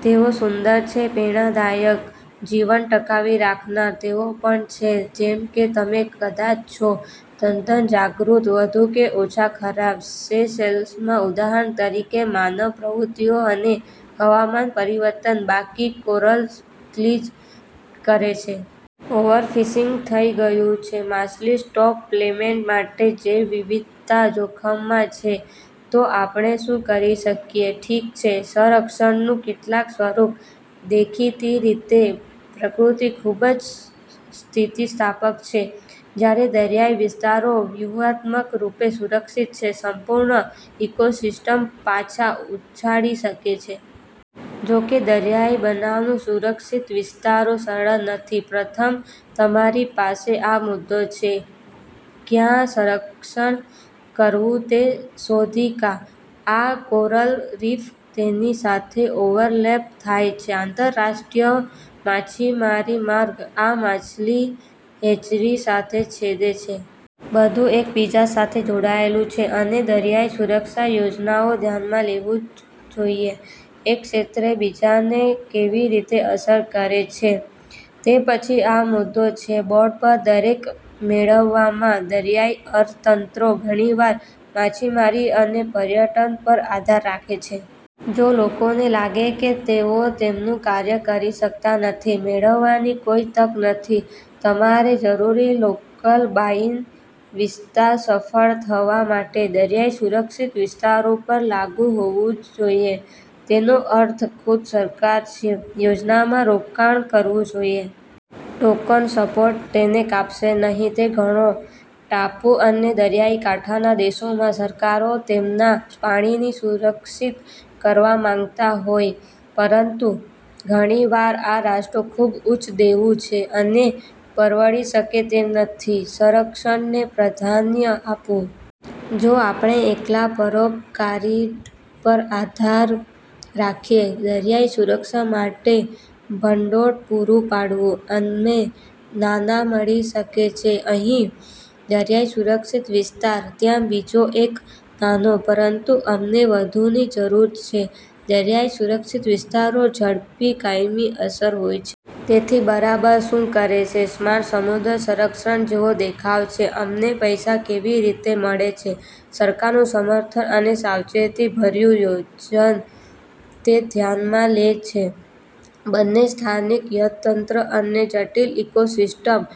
તેઓ સુંદર છે, પ્રેરણાદાયક, જીવન ટકાવી રાખનાર. તેઓ પણ છે, જેમ કે તમે કદાચ છો તદ્દન જાગૃત, વધુ કે ઓછા ખરાબ. સેશેલ્સમાં, ઉદાહરણ તરીકે, માનવ પ્રવૃત્તિઓ અને હવામાન પરિવર્તન બાકી કોરલ્સ બ્લીચ કરે છે. ઓવરફિશિંગ થઈ ગયું છે માછલી સ્ટોક્સ પ્લમેટ માટે. જૈવવિવિધતા જોખમમાં છે. તો આપણે શું કરી શકીએ? ઠીક છે, સંરક્ષણનું કેટલાક સ્વરૂપ, દેખીતી રીતે. પ્રકૃતિ ખૂબ જ સ્થિતિસ્થાપક છે. જ્યારે દરિયાઇ વિસ્તારો વ્યૂહાત્મક રૂપે સુરક્ષિત છે, સંપૂર્ણ ઇકોસિસ્ટમ્સ પાછા ઉછાળી શકે છે. જો કે, દરિયાઇ બનાવવું સુરક્ષિત વિસ્તારો સરળ નથી. પ્રથમ, તમારી પાસે આ મુદ્દો છે ક્યાં રક્ષણ કરવું તે શોધી કા. આ કોરલ રીફ તેની સાથે ઓવરલેપ થાય છે આંતરરાષ્ટ્રીય માછીમારી માર્ગ, આ માછલી હેચરી સાથે છેદે છે. બધું એકબીજા સાથે જોડાયેલું છે. અને દરિયાઇ સુરક્ષા યોજનાઓ ધ્યાનમાં લેવું જ જોઇએ એક ક્ષેત્ર બીજાને કેવી રીતે અસર કરે છે. તે પછી, આ મુદ્દો છે બોર્ડ પર દરેક મેળવવામાં. દરિયાઇ અર્થતંત્રો ઘણીવાર માછીમારી અને પર્યટન પર આધાર રાખે છે. જો લોકોને લાગે કે તેઓ તેમનું કાર્ય કરી શકતા નથી, મેળવવાની કોઈ તક નથી તમારે જરૂરી લોકલ બાય-ઇન વિસ્તાર સફળ થવા માટે. દરિયાઇ સુરક્ષિત વિસ્તારો પણ લાગુ હોવું જ જોઈએ. તેનો અર્થ ખુદ સરકાર છે યોજનામાં રોકાણ કરવું જોઇએ. ટોકન સપોર્ટ તેને કાપશે નહીં. તે ઘણો. ટાપુ અને દરિયાકાંઠાના દેશોમાં સરકારો તેમના પાણીને સુરક્ષિત કરવા માંગતા હોય, પરંતુ ઘણી વાર આ રાષ્ટ્રો ખૂબ ઉચ્ચ દેવું છે અને પરવડી શકે તેમ નથી સંરક્ષણને પ્રાધાન્ય આપવું. જો આપણે એકલા પરોપકારી ડ પર આધાર રાખીએ દરિયાઇ સુરક્ષા માટે ભંડોળ પૂરું પાડવું, અમે નાના મળી શકે છે અહીં દરિયાઇ-સુરક્ષિત વિસ્તાર, ત્યાં બીજો એક નાનો. પરંતુ અમને વધુની જરૂર છે દરિયાઇ સુરક્ષિત વિસ્તારો ઝડપી, કાયમી અસર હોય છે. તેથી બરાબર શું કરે છે સ્માર્ટ સમુદ્ર સંરક્ષણ જેવો દેખાય છે? અમને પૈસા કેવી રીતે મળે છે, સરકારનું સમર્થન અને સાવચેતીભર્યું આયોજન તે ધ્યાનમાં લે છે બંને સ્થાનિક અર્થતંત્ર અને જટિલ ઇકોસિસ્ટમ્સ?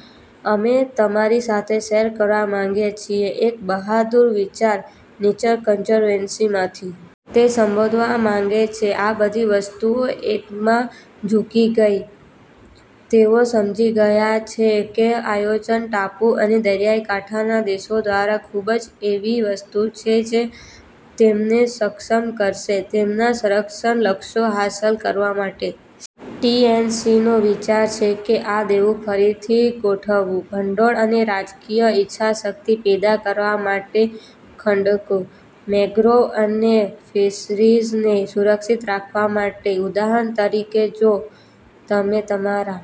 અમે તમારી સાથે શેર કરવા માંગીએ છીએ એક બહાદુર વિચાર નેચર કન્ઝર્વેન્સીમાંથી. તે સંબોધવા માંગે છે આ બધી વસ્તુઓ એકમાં ઝૂકી ગઈ. તેઓ સમજી ગયા છે કે આયોજન ટાપુ અને દરિયાકાંઠાના દેશો દ્વારા ખૂબ જ એવી વસ્તુ છે જે તેમને સક્ષમ કરશે તેમના સંરક્ષણ લક્ષ્યો હાંસલ કરવા માટે. ટી. એન. સી. નો વિચાર છે કે આ દેવું ફરીથી ગોઠવવું, ભંડોળ અને રાજકીય ઇચ્છાશક્તિ પેદા કરવા માટે ખડકો, મેંગ્રોવ અને ફિશરીઝને સુરક્ષિત રાખવા માટે. ઉદાહરણ તરીકે, જો તમે તમારા